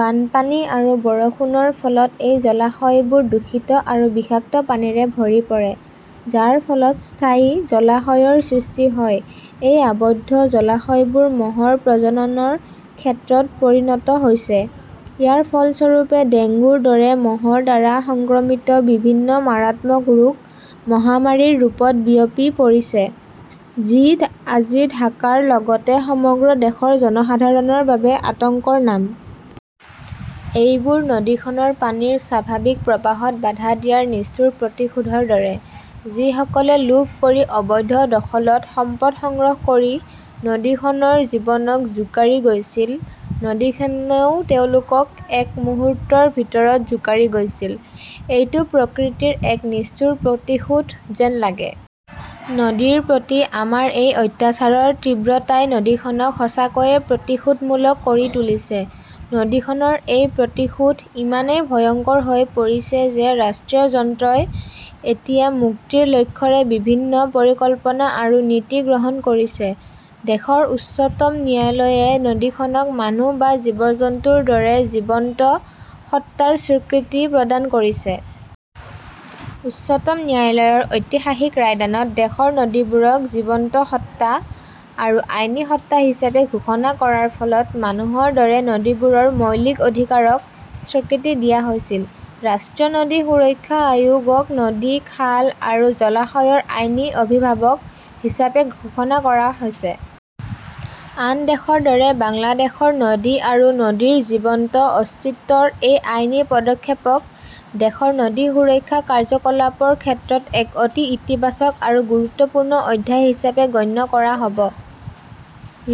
বানপানী আৰু বৰষুণৰ ফলত এই জলাশয়বোৰ দূষিত আৰু বিষাক্ত পানীৰে ভৰি পৰে, যাৰ ফলত স্থায়ী জলাশয়ৰ সৃষ্টি হয়। এই আবদ্ধ জলাশয়বোৰ মহৰ প্ৰজননৰ ক্ষেত্ৰত পৰিণত হৈছে। ইয়াৰ ফলস্বৰূপে, ডেংগুৰ দৰে মহৰ দ্বাৰা সংক্ৰমিত বিভিন্ন মাৰাত্মক ৰোগ মহামাৰীৰ ৰূপত বিয়পি পৰিছে, যি আজি ঢাকাৰ লগতে সমগ্ৰ দেশৰ জনসাধাৰণৰ বাবে আতংকৰ নাম। এইবোৰ নদীখনৰ পানীৰ স্বাভাৱিক প্ৰবাহত বাধা দিয়াৰ নিষ্ঠুৰ প্ৰতিশোধৰ দৰে। যিসকলে লোভ কৰি অবৈধ দখলত সম্পদ সংগ্ৰহ কৰি নদীখনৰ জীৱনক জোকাৰি গৈছিল, নদীখনেও তেওঁলোকক এক মুহূৰ্তৰ ভিতৰত জোকাৰি গৈছিল। এইটো প্ৰকৃতিৰ এক নিষ্ঠুৰ প্ৰতিশোধ যেন লাগে। নদীৰ প্ৰতি আমাৰ এই অত্যাচাৰৰ তীব্ৰতাই নদীখনক সঁচাকৈয়ে প্ৰতিশোধমূলক কৰি তুলিছে। নদীখনৰ এই প্ৰতিশোধ ইমানেই ভয়ংকৰ হৈ পৰিছে যে ৰাষ্ট্ৰীয় যন্ত্ৰই এতিয়া মুক্তিৰ লক্ষ্যৰে বিভিন্ন পৰিকল্পনা আৰু নীতি গ্ৰহণ কৰিছে। দেশৰ উচ্চতম ন্যায়ালয়ে নদীখনক মানুহ বা জীৱ-জন্তুৰ দৰে জীৱন্ত সত্তাৰ স্বীকৃতি প্ৰদান কৰিছে। উচ্চতম ন্যায়ালয়ৰ ঐতিহাসিক ৰায়দানত দেশৰ নদীবোৰক জীৱন্ত সত্তা আৰু আইনী সত্তা হিচাপে ঘোষণা কৰাৰ ফলত মানুহৰ দৰে নদীবোৰৰ মৌলিক অধিকাৰক স্বীকৃতি দিয়া হৈছিল। ৰাষ্ট্ৰীয় নদী সুৰক্ষা আয়োগক নদী, খাল আৰু জলাশয়ৰ আইনী অভিভাৱক হিচাপে ঘোষণা কৰা হৈছে। আন দেশৰ দৰে বাংলাদেশৰ নদী আৰু নদীৰ জীৱন্ত অস্তিত্বৰ এই আইনী পদক্ষেপক দেশৰ নদী সুৰক্ষা কাৰ্যকলাপৰ ক্ষেত্ৰত এক অতি ইতিবাচক আৰু গুৰুত্বপূৰ্ণ অধ্যায় হিচাপে গণ্য কৰা হ'ব।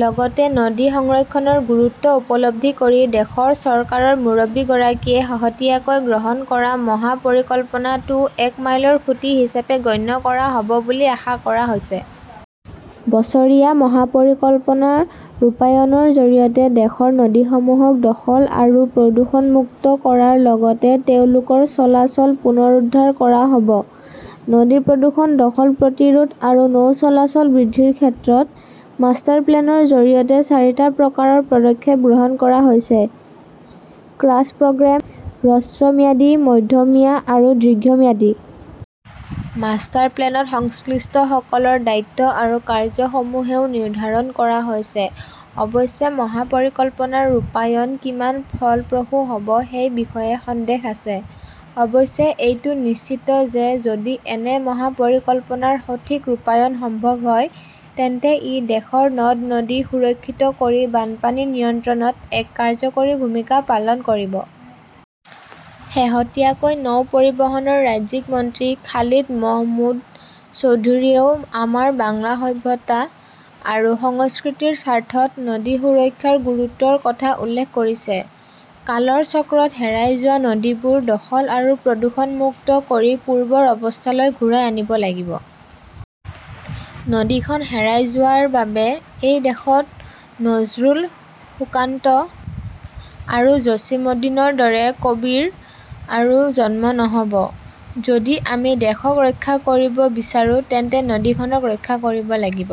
লগতে নদী সংৰক্ষণৰ গুৰুত্ব উপলব্ধি কৰি দেশৰ চৰকাৰৰ মুৰব্বীগৰাকীয়ে শেহতীয়াকৈ গ্ৰহণ কৰা মহা পৰিকল্পনাটোও এক মাইলৰ খুঁটি হিচাপে গণ্য কৰা হ'ব বুলি আশা কৰা হৈছে। বছৰীয়া মহা পৰিকল্পনা ৰূপায়ণৰ জৰিয়তে দেশৰ নদীসমূহক দখল আৰু প্ৰদূষণমুক্ত কৰাৰ লগতে তেওঁলোকৰ চলাচল পুনৰুদ্ধাৰ কৰা হ'ব। নদী প্ৰদূষণ, দখল প্ৰতিৰোধ আৰু নৌ চলাচল বৃদ্ধিৰ ক্ষেত্ৰত মাষ্টাৰপ্লেনৰ জৰিয়তে চাৰিটা প্ৰকাৰৰ পদক্ষেপ গ্ৰহণ কৰা হৈছেঃ ক্ৰাছ প্ৰগ্ৰেম, হ্ৰস্বম্যাদী, মধ্যমীয়া আৰু দীৰ্ঘম্যাদী। মাষ্টাৰ প্লেনত সংশ্লিষ্টসকলৰ দায়িত্ব আৰু কাৰ্য্যসমূহও নিৰ্ধাৰণ কৰা হৈছে। অৱশ্যে মহা পৰিকল্পনাৰ ৰূপায়ণ কিমান ফলপ্ৰসূ হ'ব সেই বিষয়ে সন্দেহ আছে। অৱশ্যে, এইটো নিশ্চিত যে যদি এনে মহা পৰিকল্পনাৰ সঠিক ৰূপায়ণ সম্ভৱ হয়, তেন্তে ই দেশৰ নদ-নদী সুৰক্ষিত কৰি বানপানী নিয়ন্ত্ৰণত এক কাৰ্যকৰী ভূমিকা পালন কৰিব। শেহতীয়াকৈ নৌ পৰিবহণৰ ৰাজ্যিক মন্ত্ৰী খালিদ মাহমুদ চৌধুৰীয়েও আমাৰ বাংলা সভ্যতা আৰু সংস্কৃতিৰ স্বাৰ্থত নদী সুৰক্ষাৰ গুৰুত্বৰ কথা উল্লেখ কৰিছে। "কালৰ চক্ৰত হেৰাই যোৱা নদীবোৰ দখল আৰু প্ৰদূষণমুক্ত কৰি পূৰ্বৰ অৱস্থালৈ ঘূৰাই আনিব লাগিব"। নদীখন হেৰাই যোৱাৰ বাবে এই দেশত নজৰুল, সুকান্ত আৰু জছিমুদ্দিনৰ দৰে কবিৰ আৰু জন্ম নহ'ব। যদি আমি দেশক ৰক্ষা কৰিব বিচাৰো তেন্তে নদীখনক ৰক্ষা কৰিব লাগিব।